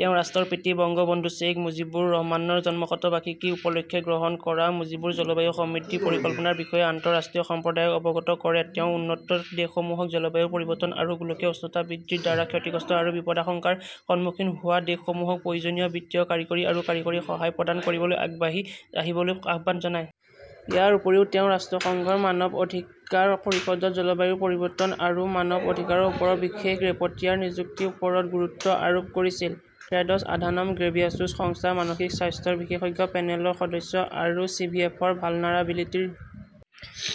তেওঁ ৰাষ্ট্ৰৰ পিতৃ বঙ্গবন্ধু শ্বেইখ মুজিবুৰ ৰহমানৰ জন্মশতবাৰ্ষিকী উপলক্ষে গ্ৰহণ কৰা মুজিবুৰ জলবায়ু সমৃদ্ধি পৰিকল্পনাৰ বিষয়ে আন্তঃৰাষ্ট্ৰীয় সম্প্ৰদায়ক অৱগত কৰে। তেওঁ উন্নত দেশসমূহক জলবায়ু পৰিৱৰ্তন আৰু গোলকীয় উষ্ণতা বৃদ্ধিৰ দ্বাৰা ক্ষতিগ্ৰস্ত আৰু বিপদাশংকাৰ সন্মুখীন হোৱা দেশসমূহক প্ৰয়োজনীয় বিত্তীয়, কাৰিকৰী আৰু কাৰিকৰী সহায় প্ৰদান কৰিবলৈ আগবাঢ়ি আহিবলৈ আহ্বান জনায়। ইয়াৰ উপৰিও, তেওঁ ৰাষ্ট্ৰসংঘৰ মানৱ অধিকাৰ পৰিষদত জলবায়ু পৰিৱৰ্তন আৰু মানৱ অধিকাৰৰ ওপৰত বিশেষ ৰেপটিয়াৰ নিযুক্তিৰ ওপৰত গুৰুত্ব আৰোপ কৰিছিল। টেড্ৰছ আধানম গেব্ৰিয়াছুছ, সংস্থাৰ মানসিক স্বাস্থ্যৰ বিশেষজ্ঞ পেনেলৰ সদস্য আৰু চিভিএফৰ ভালনাৰাবিলিটি ৰ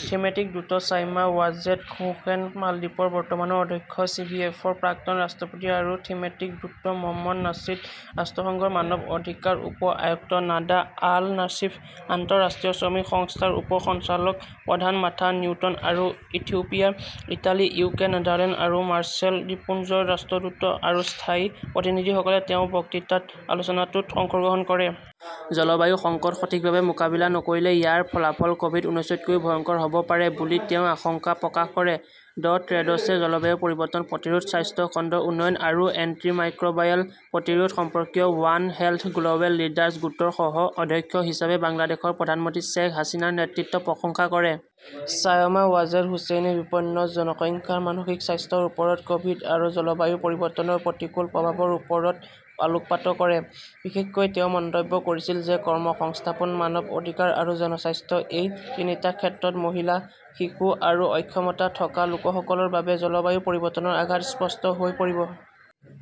থিমেটিক দূত চাইমা ৱাজেদ হোসেন, মালদ্বীপৰ বৰ্তমানৰ অধ্যক্ষ, চিভিএফৰ প্ৰাক্তন ৰাষ্ট্ৰপতি আৰু থিমেটিক দূত মহম্মদ নাছিদ, ৰাষ্ট্ৰসংঘৰ মানৱ অধিকাৰ উপ আয়ুক্ত নাডা আল নাছিফ, আন্তঃৰাষ্ট্ৰীয় শ্ৰমিক সংস্থাৰ উপ সঞ্চালক প্ৰধান মাৰ্থা নিউটন, আৰু ইথিওপিয়া, ইটালী, ইউকে, নেদাৰলেণ্ড আৰু মাৰ্শ্বেল দ্বীপপুঞ্জৰ ৰাষ্ট্ৰদূত আৰু স্থায়ী প্ৰতিনিধিসকলে তেওঁৰ বক্তৃতাত আলোচনাটোত অংশগ্ৰহণ কৰে। জলবায়ু সংকট সঠিকভাৱে মোকাবিলা নকৰিলে ইয়াৰ ফলাফল ক'ভিড উনৈছতকৈও ভয়ংকৰ হ'ব পাৰে বুলি তেওঁ আশংকা প্ৰকাশ কৰে। ড. টেড্ৰছে জলবায়ু পৰিৱৰ্তন প্ৰতিৰোধ, স্বাস্থ্য খণ্ডৰ উন্নয়ন আৰু এন্টিমাইক্ৰ'বায়েল প্ৰতিৰোধ সম্পৰ্কীয় ৱান হেল্থ গ্ল'বেল লিডাৰ্ছ গোটৰ সহ অধ্যক্ষ হিচাপে বাংলাদেশৰ প্ৰধানমন্ত্ৰী শ্বেখ হাছিনাৰ নেতৃত্বৰ প্ৰশংসা কৰে। ছায়মা ৱাজেদ হুচেইনে বিপন্ন জনসংখ্যাৰ মানসিক স্বাস্থ্যৰ ওপৰত ক'ভিড আৰু জলবায়ু পৰিৱৰ্তনৰ প্ৰতিকূল প্ৰভাৱৰ ওপৰত আলোকপাত কৰে। বিশেষকৈ তেওঁ মন্তব্য কৰিছিল যে কৰ্মসংস্থাপন, মানৱ অধিকাৰ আৰু জনস্বাস্থ্য এই তিনিটা ক্ষেত্ৰত মহিলা, শিশু আৰু অক্ষমতা থকা লোকসকলৰ বাবে জলবায়ু পৰিৱৰ্তনৰ আঘাত স্পষ্ট হৈ পৰিব।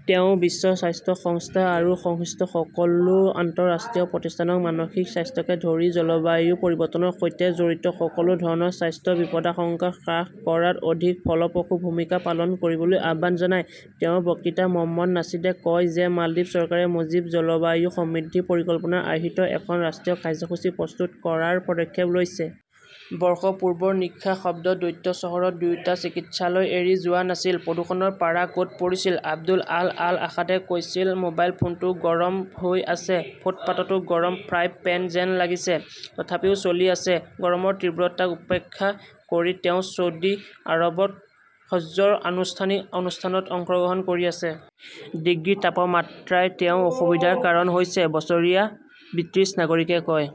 তেওঁ বিশ্ব স্বাস্থ্য সংস্থা আৰু সংশ্লিষ্ট সকলো আন্তঃৰাষ্ট্ৰীয় প্ৰতিষ্ঠানক মানসিক স্বাস্থ্যকে ধৰি জলবায়ু পৰিৱৰ্তনৰ সৈতে জড়িত সকলো ধৰণৰ স্বাস্থ্য বিপদাশংকা হ্ৰাস কৰাত অধিক ফলপ্ৰসূ ভূমিকা পালন কৰিবলৈ আহ্বান জনায়। তেওঁৰ বক্তৃতা মহম্মদ নাছিদে কয় যে মালদ্বীপ চৰকাৰে মুজীব জলবায়ু সমৃদ্ধি পৰিকল্পনাৰ আৰ্হিত এখন ৰাষ্ট্ৰীয় কাৰ্যসূচী প্ৰস্তুত কৰাৰ পদক্ষেপ লৈছে। বৰ্ষপূৰ্বৰ নিশা শব্দদৈত্য চহৰত, দুয়োটা চিকিৎসালয় এৰি যোৱা নাছিল, প্ৰদূষণৰ পাৰা ক'ত পৰিছিল? আব্দুল আল আল আসাদে কৈছিল, মোবাইল ফোনটো গৰম হৈ আছে, ফুটপাতটো গৰম ফ্ৰাই পেন যেন লাগিছে, তথাপিও চলি আছে। গৰমৰ তীব্ৰতাক উপেক্ষা কৰি তেওঁ ছৌদি আৰৱত হজ্জৰ আনুষ্ঠানিক অনুষ্ঠানত অংশগ্ৰহণ কৰি আছে। ডিগ্ৰী তাপমাত্ৰাই তেওঁৰ অসুবিধাৰ কাৰণ হৈছে, বছৰীয়া ব্ৰিটিছ নাগৰিকে কয়।